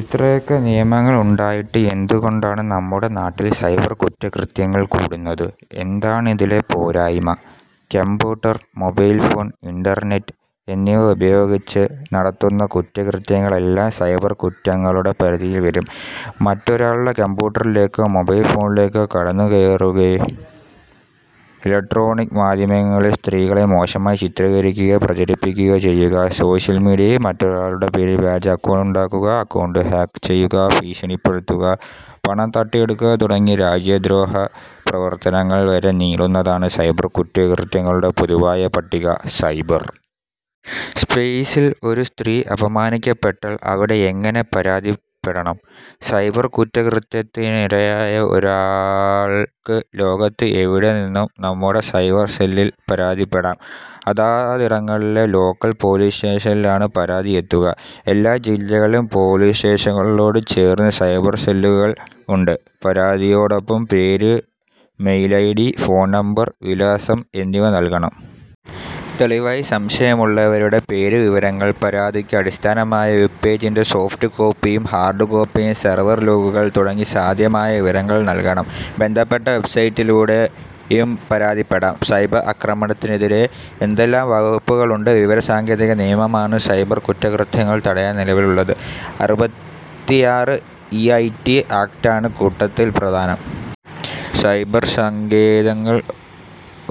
ഇത്രയൊക്കെ നിയമങ്ങൾ ഉണ്ടായിട്ടും എന്തുകൊണ്ടാണ് നമ്മുടെ നാട്ടിൽ സൈബർ കുറ്റകൃത്യങ്ങൾ കൂടുന്നത്. എന്താണിതിലെ പോരായ്മ. കമ്പ്യൂട്ടർ, മൊബൈൽ ഫോൺ, ഇന്റർനെറ്റ് എന്നിവ ഉപയോഗിച്ച് നടത്തുന്ന കുറ്റകൃത്യങ്ങളെല്ലാം സൈബർ കുറ്റങ്ങളുടെ പരിധിയിൽ വരും. മറ്റൊരാളുടെ കമ്പ്യൂട്ടറിലേക്കോ മൊബൈൽ ഫോണിലേക്കോ കടന്നുകയറുക, ഇലക്ട്രോണിക് മാധ്യമങ്ങളിൽ സ്ത്രീകളെ മോശമായി ചിത്രീകരിക്കുകയോ പ്രചരിപ്പിക്കുകയോ ചെയ്യുക, സോഷ്യൽ മീഡിയയിൽ മറ്റൊരാളുടെ പേരിൽ വ്യാജ അക്കൗണ്ടുണ്ടാക്കുക, അക്കൗണ്ട് ഹാക്ക് ചെയ്യുക, ഭീഷണിപ്പെടുത്തുക, പണം തട്ടിയെടുക്കുക തുടങ്ങി രാജ്യദ്രോഹ പ്രവർത്തനങ്ങൾ വരെ നീളുന്നതാണ് സൈബർ കുറ്റകൃത്യങ്ങളുടെ പൊതുവായ പട്ടിക. സൈബർ സ്പേസിൽ ഒരു സ്ത്രീ അപമാനിക്കപ്പെട്ടാൽ എവിടെ എങ്ങനെ പരാതിപ്പെടണം. സൈബർ കുറ്റകൃത്യത്തിനിരയായ ഒരാൾക്ക് ലോകത്ത് എവിടെനിന്നും നമ്മുടെ സൈബർ സെല്ലിൽ പരാതിപ്പെടാം. അതാതിടങ്ങളിലെ ലോക്കൽ പൊലീസ് സ്റ്റേഷനിലാണ് പരാതി എത്തുക. എല്ലാ ജില്ലകളിലും പൊലീസ് സ്റ്റേഷനുകളോട് ചേർന്ന് സൈബർ സെല്ലുകൾ ഉണ്ട്. പരാതിയോടൊപ്പം പേര്, മെയിൽ ഐഡി, ഫോൺ നമ്പർ, വിലാസം എന്നിവ നൽകണം. തെളിവായി സംശയമുള്ളവരുടെ പേരുവിവരങ്ങൾ, പരാതിക്ക് അടിസ്ഥാനമായ വെബ് പേജിന്റെ സോഫ്റ്റ് കോപ്പിയും ഹാർഡ് കോപ്പിയും, സെർവർ ലോഗുകൾ തുടങ്ങി സാധ്യമായ വിവരങ്ങൾ നൽകണം. ബന്ധപ്പെട്ട വെബ്സൈറ്റിലൂടെയും പരാതിപ്പെടാം. സൈബർ ആക്രമണത്തിനെതിരെ എന്തെല്ലാം വകുപ്പുകളുണ്ട്. വിവര സാങ്കേതിക നിയമമാണ് സൈബർ കുറ്റകൃത്യങ്ങൾ തടയാൻ നിലവിലുള്ളത്. അറുപത്തിയാറ് ഇ ഐ ടി ആക്ടാണ് കൂട്ടത്തിൽ പ്രധാനം. സൈബർ സങ്കേതങ്ങൾ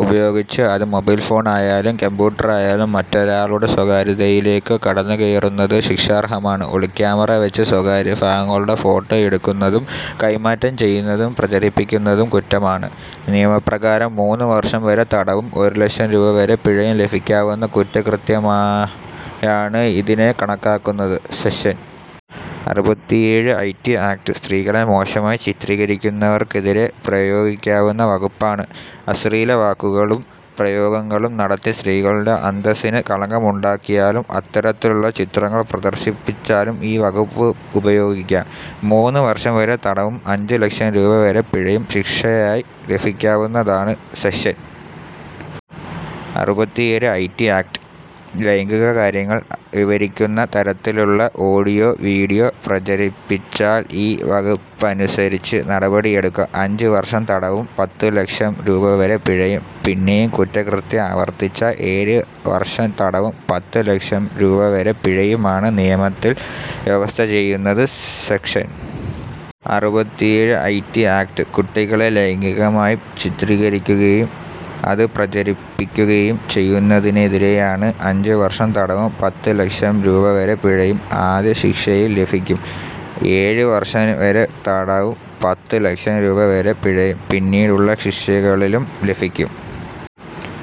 ഉപയോഗിച്ച് അത് മൊബൈൽ ഫോണായാലും കമ്പ്യൂട്ടറായാലും മറ്റൊരാളുടെ സ്വകാര്യതയിലേക്ക് കടന്നുകയറുന്നത് ശിക്ഷാർഹമാണ്. ഒളിക്യാമറ വച്ച് സ്വകാര്യ ഭാഗങ്ങളുടെ ഫോട്ടോ എടുക്കുന്നതും കൈമാറ്റം ചെയ്യുന്നതും പ്രചരിപ്പിക്കുന്നതും കുറ്റമാണ്. നിയമപ്രകാരം മൂന്ന് വർഷം വരെ തടവും ഒരു ലക്ഷം രൂപ വരെ പിഴയും ലഭിക്കാവുന്ന കുറ്റകൃത്യമായാണ് ഇതിനെ കണക്കാക്കുന്നത്. സെക്ഷൻ അറുപത്തിയേഴ് ഐ ടി ആക്ട് സ്ത്രീകളെ മോശമായി ചിത്രീകരിക്കുന്നവർക്കെതിരെ പ്രയോഗിക്കാവുന്ന വകുപ്പാണ്. അശ്ലീല വാക്കുകളും പ്രയോഗങ്ങളും നടത്തി സ്ത്രീകളുടെ അന്തസിന് കളങ്കമുണ്ടാക്കിയാലും അത്തരത്തിലുള്ള ചിത്രങ്ങൾ പ്രദർശിപ്പിച്ചാലും ഈ വകുപ്പ് ഉപയോഗിക്കാം. മൂന്ന് വർഷം വരെ തടവും അഞ്ച് ലക്ഷം രൂപ വരെ പിഴയും ശിക്ഷയായി ലഭിക്കാവുന്നതാണ്. സെക്ഷൻ അറുപത്തിയേഴ് ഐ ടി ആക്ട് ലൈംഗിക കാര്യങ്ങൾ വിവരിക്കുന്ന തരത്തിലുള്ള ഓഡിയോ വീഡിയോ പ്രചരിപ്പിച്ചാൽ ഈ വകുപ്പനുസരിച്ച് നടപടി എടുക്കാം. അഞ്ച് വർഷം തടവും പത്ത് ലക്ഷം രൂപ വരെ പിഴയും പിന്നെയും കുറ്റകൃത്യം ആവർത്തിച്ചാൽ ഏഴ് വർഷം തടവും പത്ത് ലക്ഷം രൂപ വരെ പിഴയുമാണ് നിയമത്തിൽ വ്യവസ്ഥ ചെയ്യുന്നത്. സെക്ഷൻ അറുപത്തിയേഴ് ഐ ടി ആക്ട് കുട്ടികളെ ലൈംഗികമായി ചിത്രീകരിക്കുകയും അത് പ്രചരിപ്പിക്കുകയും ചെയ്യുന്നതിനെതിരെയാണ്. അഞ്ച് വർഷം തടവും പത്ത് ലക്ഷം രൂപ വരെ പിഴയും ആദ്യ ശിക്ഷയിൽ ലഭിക്കും. ഏഴ് വർഷം വരെ തടവും പത്ത് ലക്ഷം രൂപ വരെ പിഴയും പിന്നീടുള്ള ശിക്ഷകളിലും ലഭിക്കും.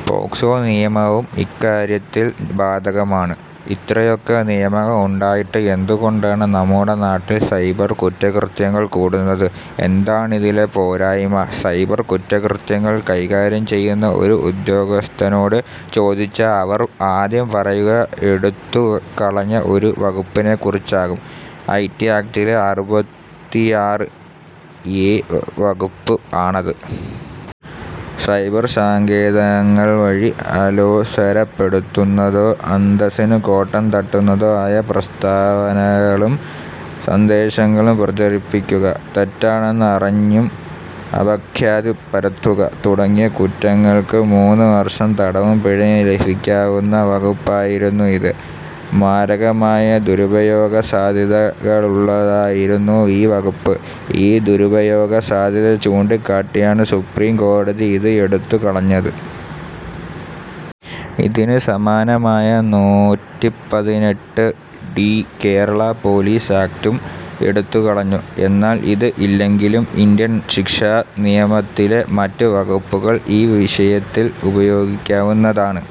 പോക്സോ നിയമവും ഇക്കാര്യത്തിൽ ബാധകമാണ്. ഇത്രയൊക്കെ നിയമങ്ങൾ ഉണ്ടായിട്ടും എന്തുകൊണ്ടാണ് നമ്മുടെ നാട്ടിൽ സൈബർ കുറ്റകൃത്യങ്ങൾ കൂടുന്നത്. എന്താണിതിലെ പോരായ്മ. സൈബർ കുറ്റകൃത്യങ്ങൾ കൈകാര്യം ചെയ്യുന്ന ഒരു ഉദ്യോഗസ്ഥനോട് ചോദിച്ചാൽ അവർ ആദ്യം പറയുക എടുത്തുകളഞ്ഞ ഒരു വകുപ്പിനെക്കുറിച്ചാകും. ഐ ടി ആക്ടിലെ അറുപത്തിയാറ് എ വകുപ്പ് ആണത്. സൈബർ സങ്കേതങ്ങൾ വഴി അലോസരപ്പെടുത്തുന്നതോ അന്തസ്സിന് കോട്ടം തട്ടുന്നതോ ആയ പ്രസ്താവനകളും സന്ദേശങ്ങളും പ്രചരിപ്പിക്കുക, തെറ്റാണെന്ന് അറിഞ്ഞും അപഖ്യാതി പരത്തുക തുടങ്ങിയ കുറ്റങ്ങൾക്ക് മൂന്ന് വർഷം തടവും പിഴയും ലഭിക്കാവുന്ന വകുപ്പായിരുന്നു ഇത്. മാരകമായ ദുരുപയോഗ സാധ്യതകളുള്ളതായിരുന്നു ഈ വകുപ്പ്. ഈ ദുരുപയോഗ സാധ്യത ചൂണ്ടിക്കാട്ടിയാണ് സുപ്രീംകോടതി ഇത് എടുത്തുകളഞ്ഞത്. ഇതിന് സമാനമായ നൂറ്റിപ്പതിനെട്ട് ഡി കേരള പൊലീസ് ആക്ടും എടുത്തുകളഞ്ഞു. എന്നാൽ ഇത് ഇല്ലെങ്കിലും ഇന്ത്യൻ ശിക്ഷാ നിയമത്തിലെ മറ്റ് വകുപ്പുകൾ ഈ വിഷയത്തിൽ ഉപയോഗിക്കാവുന്നതാണ്.